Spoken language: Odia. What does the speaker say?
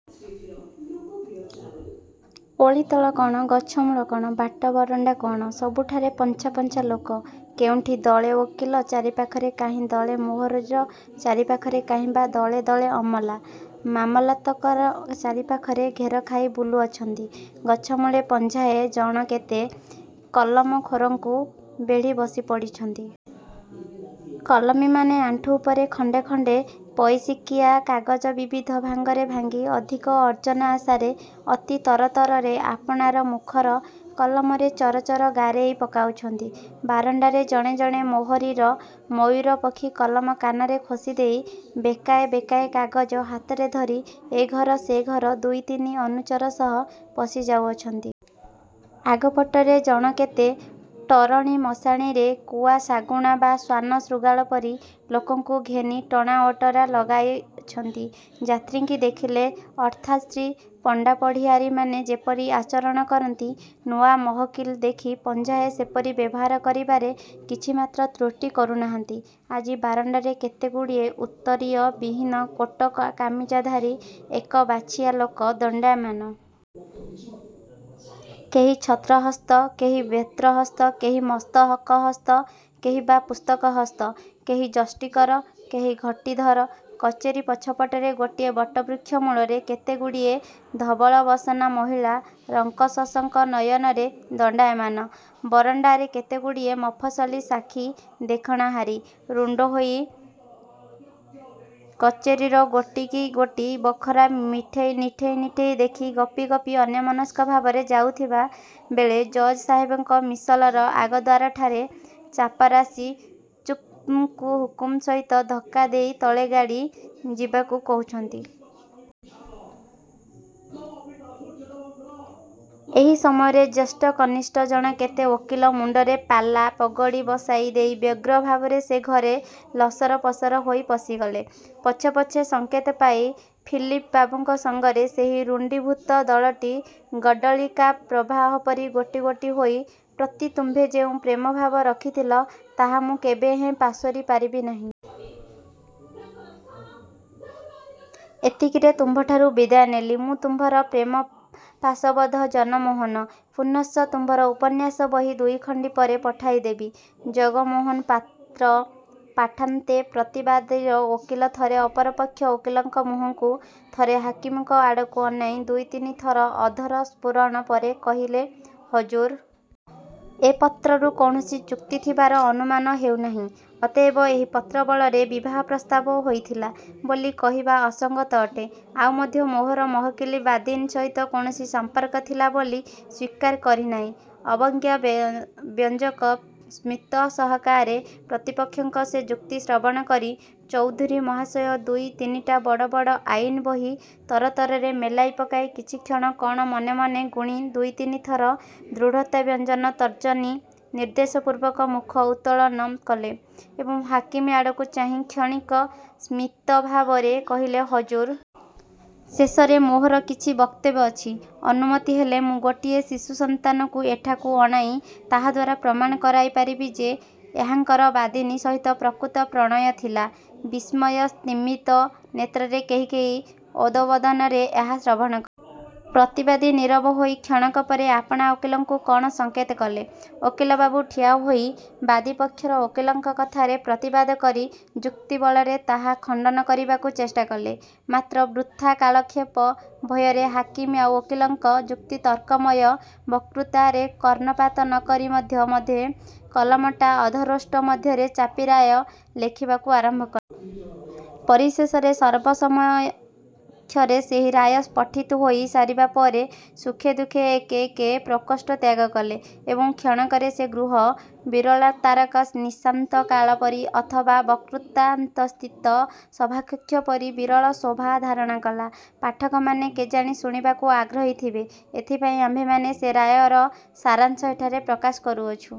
ଓଳିତଳ କଣ, ଗଛମୂଳ କଣ, ବାଟ ବରଣ୍ଡା କଣ, ସବୁଠାରେ ପଞ୍ଝା ପଞ୍ଝା ଲୋକ। କେଉଁଠି ଦଳେ ଓକିଲ ଚାରିପାଖରେ କାହିଁ ଦଳେ ମୋହରିର ଚାରିପାଖରେ କାହିଁ ବା ଦଳେ ଦଳେ ଅମଲା, ମାମଲତକାର ଚାରିପାଖରେ ଘେରଖାଇ ବୁଲୁଅଛନ୍ତି। ଗଛମୂଳରେ ପଞ୍ଝାଏ ଜଣକେତେ କଲମଖୋରଙ୍କୁ ବେଢ଼ି ବସିପଡ଼ିଅଛନ୍ତି। କଲମୀମାନେ ଆଣ୍ଠୁ ଉପରେ ଖଣ୍ଡେ ଖଣ୍ଡେ ପଇସିକିଆ କାଗଜ ବିବିଧ ଭାଙ୍ଗରେ ଭାଙ୍ଗି ଅଧିକ ଅର୍ଜନ ଆଶାରେ ଅତି ତରତରରେ ଆପଣାର ମୁଖର କଲମରେ ଚର ଚର ଗାରେଇ ପକାଉଅଛନ୍ତି। ବାରଣ୍ଡାରେ ଜଣେ ଜଣେ ମୋହରିର ମୟୂରପକ୍ଷିକଲମ କାନରେ ଖୋଷିଦେଇ ବେକାଏ ବେକାଏ କାଗଜ ହାତରେ ଧରି ଏ ଘର ସେ ଘର ଦୁଇ ତିନି ଅନୁଚର ସହ ପଶି ଯାଉଅଛନ୍ତି। ଆଗପଟରେ ଜଣକେତେ ଟରଣୀ ମଶାଣିରେ କୁଆ ଶାଗୁଣା ବା ଶ୍ୱାନ ଶୃଗାଳ ପରି ଲୋକଙ୍କୁ ଘେନି ଟଣାଓଟରା ଲଗାଇଅଛନ୍ତି। ଯାତ୍ରିଙ୍କି ଦେଖିଲେ ଅର୍ଥାଶୀ ପଣ୍ଡାପଢ଼ିଆରୀମାନେ ଯେପରି ଆଚରଣ କରନ୍ତି, ନୂଆ ମହକିଲ ଦେଖି ପଞ୍ଝାଏ ସେପରି ବ୍ୟବହାର କରିବାରେ କିଛିମାତ୍ର ତ୍ରୁଟି କରୁ ନାହାନ୍ତି। ଆଜି ବରଣ୍ଡାରେ କେତେଗୁଡ଼ିଏ ଉତ୍ତରୀୟବିହୀନ କୋଟ କାମିଜଧାରୀ ଏକବାଛିଆ ଲୋକ ଦଣ୍ଡାୟମାନ। କେହି ଛତ୍ରହସ୍ତ, କେହି ବେତ୍ରହସ୍ତ, କେହି ମସ୍ତକହସ୍ତ, କେହି ବା ପୁସ୍ତକହସ୍ତ, କେହି ଯଷ୍ଟିକର, କେହି ଘଟୀ-ଧର। କଚେରି ପଛପଟରେ ଗୋଟିଏ ବଟବୃକ୍ଷ ମୂଳରେ କେତେଗୁଡ଼ିଏ ଧବଳବସନା ମହିଳା ରଙ୍କ-ସଶଙ୍କ ନୟନରେ ଦଣ୍ଡାୟମାନା। ବରଣ୍ଡାରେ କେତେଗୁଡ଼ିଏ ମଫସଲୀ ସାକ୍ଷୀ ଦେଖଣାହାରୀ ରୁଣ୍ଡ ହୋଇ କଚେରିର ଗୋଟିକିଗୋଟି ବଖରା ନିଠେଇ ନିଠେଇ ଦେଖି ଗପି ଗପି ଅନ୍ୟମନସ୍କ ଭାବରେ ଯାଉଥିବା ବେଳେ ଜଜ୍ ସାହେବଙ୍କ ମିସଲର ଆଗଦ୍ୱାରଠାରେ ଚାପରାଶି 'ଚୁପ୍ଚୁପ୍' ହୁକୁମ ସହିତ ଧକ୍କା ଦେଇ ତଳେ ଗଡ଼ି ଯିବାକୁ କହୁଅଛି। ଏହି ସମୟରେ ଜ୍ୟେଷ୍ଠ କନିଷ୍ଠ ଜଣକେତେ ଓକିଲ ମୁଣ୍ଡରେ ପାଲା-ପଗଡ଼ି ବସାଇ ଦେଇ ବ୍ୟଗ୍ର ଭାବରେ ସେ ଘରେ ଲସରପସର ହୋଇ ପଶିଗଲେ। ପଛେ ପଛେ ସଙ୍କେତ ପାଇ ଫିଲିପ ବାବୁଙ୍କ ସଙ୍ଗରେ ସେହି ରୁଣ୍ଡୀଭୂତ ଦଳଟି ଗଡ୍ଡଳିକାପ୍ରବାହ ପରି ଗୋଟି ଗୋଟି ହୋଇ। ପ୍ରତି ତୁମ୍ଭେ ଯେଉଁ ପ୍ରେମ ଭାବ ରଖିଥିଲ, ତାହା ମୁଁ କେବେହେଁ ପାସୋରି ପାରିବି ନାହିଁ। ଏତିକିରେ ତୁମ୍ଭଠାରୁ ବିଦାୟ ନେଲି। ମୁଁ ତୁମ୍ଭର ପ୍ରେମପାଶବଦ୍ଧ ଜନମୋହନ। ପୁନଶ୍ଚ- ତୁମ୍ଭର ଉପନ୍ୟାସ ବହି ଦୁଇଖଣ୍ଡି ପରେ ପଠାଇଦେବି। ଜ. ମୋ. ପତ୍ରପାଠାନ୍ତେ ପ୍ରତିବାଦିର ଓକିଲ ଥରେ ଅପର ପକ୍ଷ ଓକିଲଙ୍କ ମୁହଁକୁ, ଥରେ ହାକିମଙ୍କ ଆଡ଼କୁ ଅନାଇ ଦୁଇ ତିନି ଥର ଅଧର ସ୍ଫୁରଣ ପରେ କହିଲେ, ''ହଜୁର! ଏ ପତ୍ରରୁ କୌଣସି ଚୁକ୍ତି ଥିବାର ଅନୁମାନ ହେଉ ନାହିଁ। ଅତଏବ ଏହି ପତ୍ରବଳରେ ବିବାହ ପ୍ରସ୍ତାବ ହୋଇଥିଲା ବୋଲି କହିବା ଅସଙ୍ଗତ ଅଟେ। ଆଉ ମଧ୍ୟ ମୋହର ମହକିଲ ବାଦିନୀ ସହିତ କୌଣସି ସମ୍ପର୍କ ଥିଲା ବୋଲି ସ୍ୱୀକାର କରି ନାହିଁ। '' ଅବଜ୍ଞାବ୍ୟଞ୍ଜକ ସ୍ମିତସହକାରେ ପ୍ରତିପକ୍ଷଙ୍କ ସେ ଯୁକ୍ତି ଶ୍ରବଣ କରି ଚୌଧୁରୀ ମହାଶୟ ଦୁଇ ତିନିଟା ବଡ଼ ବଡ଼ ଆଇନ ବହି ତରତରରେ ମେଲାଇ ପକାଇ କିଛିକ୍ଷଣ କଣ ମନେ ମନେ ଗୁଣି ଦୁଇ ତିନିଥର ଦୃଢ଼ତାବ୍ୟଞ୍ଜକ ତର୍ଜନୀ ନିର୍ଦ୍ଦେଶପୂର୍ବକ ମୁଖ ଉତ୍ତୋଳନ କଲେ ଏବଂ ହାକିମ ଆଡ଼କୁ ଚାହିଁ କ୍ଷଣିକ ସ୍ତିମିତଭାବରେ କହିଲେ,'' ହଜୁର! ଶେଷରେ ମୋହର କିଛି ବକ୍ତବ୍ୟ ଅଛି। ଅନୁମତି ହେଲେ ମୁଁ ଗୋଟିଏ ଶିଶୁ ସନ୍ତାନକୁ ଏଠାକୁ ଅଣାଇ ତାହାଦ୍ୱାରା ପ୍ରମାଣ କରାଇ ପାରିବି ଯେ, ଏହାଙ୍କର ବାଦିନୀ ସହିତ ପ୍ରକୃତ ପ୍ରଣୟ ଥିଲା। '' ବିସ୍ମୟସ୍ତିମିତ ନେତ୍ରରେ କେହି କେହି ଅଧୋବଦନରେ ଏହା ଶ୍ରବଣ କଲେ। ପ୍ରତିବାଦୀ ନୀରବ ହୋଇ କ୍ଷଣକ ପରେ ଆପଣା ଓକିଲଙ୍କୁ କଣ ସଙ୍କେତ କଲେ। ଓକିଲ ବାବୁ ଠିଆ ହୋଇ ବାଦୀ ପକ୍ଷର ଓକିଲଙ୍କ କଥାର ପ୍ରତିବାଦ କରି ଯୁକ୍ତିବଳରେ ତାହା ଖଣ୍ଡନ କରିବାକୁ ଚେଷ୍ଟା କଲେ। ମାତ୍ର ବୃଥା କାଳକ୍ଷେପ ଭୟରେ ହାକିମ ଆଉ ଓକିଲଙ୍କ ଯୁକ୍ତିତର୍କମୟ ବକ୍ତୃତାରେ କର୍ଣ୍ଣପାତ ନ କରି ମଧ୍ୟେ ମଧ୍ୟେ କଲମଟା ଅଧରୋଷ୍ଠ ମଧ୍ୟରେ ଚାପି ରାୟ ଲେଖିବାକୁ ଆରମ୍ଭ କଲେ। ପରିଶେଷରେ ସର୍ବସମକ୍ଷରେ ସେହି ରାୟ ପଠିତ ହୋଇ ସାରିବା ପରେ ସୁଖେ ଦୁଃଖେ ଏକେ ଏକେ ପ୍ରକୋଷ୍ଠ ତ୍ୟାଗ କଲେ ଏବଂ କ୍ଷଣକରେ ସେ ଗୃହ ବିରଳତାରକ ନିଶାନ୍ତକାଳ ପରି ଅଥବା ବକ୍ତୃତାନ୍ତସ୍ଥିତ ସଭାକକ୍ଷ ପରି ବିରଳ ଶୋଭା ଧାରଣ କଲା। ପାଠକମାନେ କେଜାଣି ଶୁଣିବାକୁ ଆଗ୍ରହୀ ଥିବେ, ଏଥିପାଇଁ ଆମ୍ଭେମାନେ ସେ ରାୟର ସାରାଶଂ ଏଠାରେ ପ୍ରକାଶ କରୁଅଛୁଁ।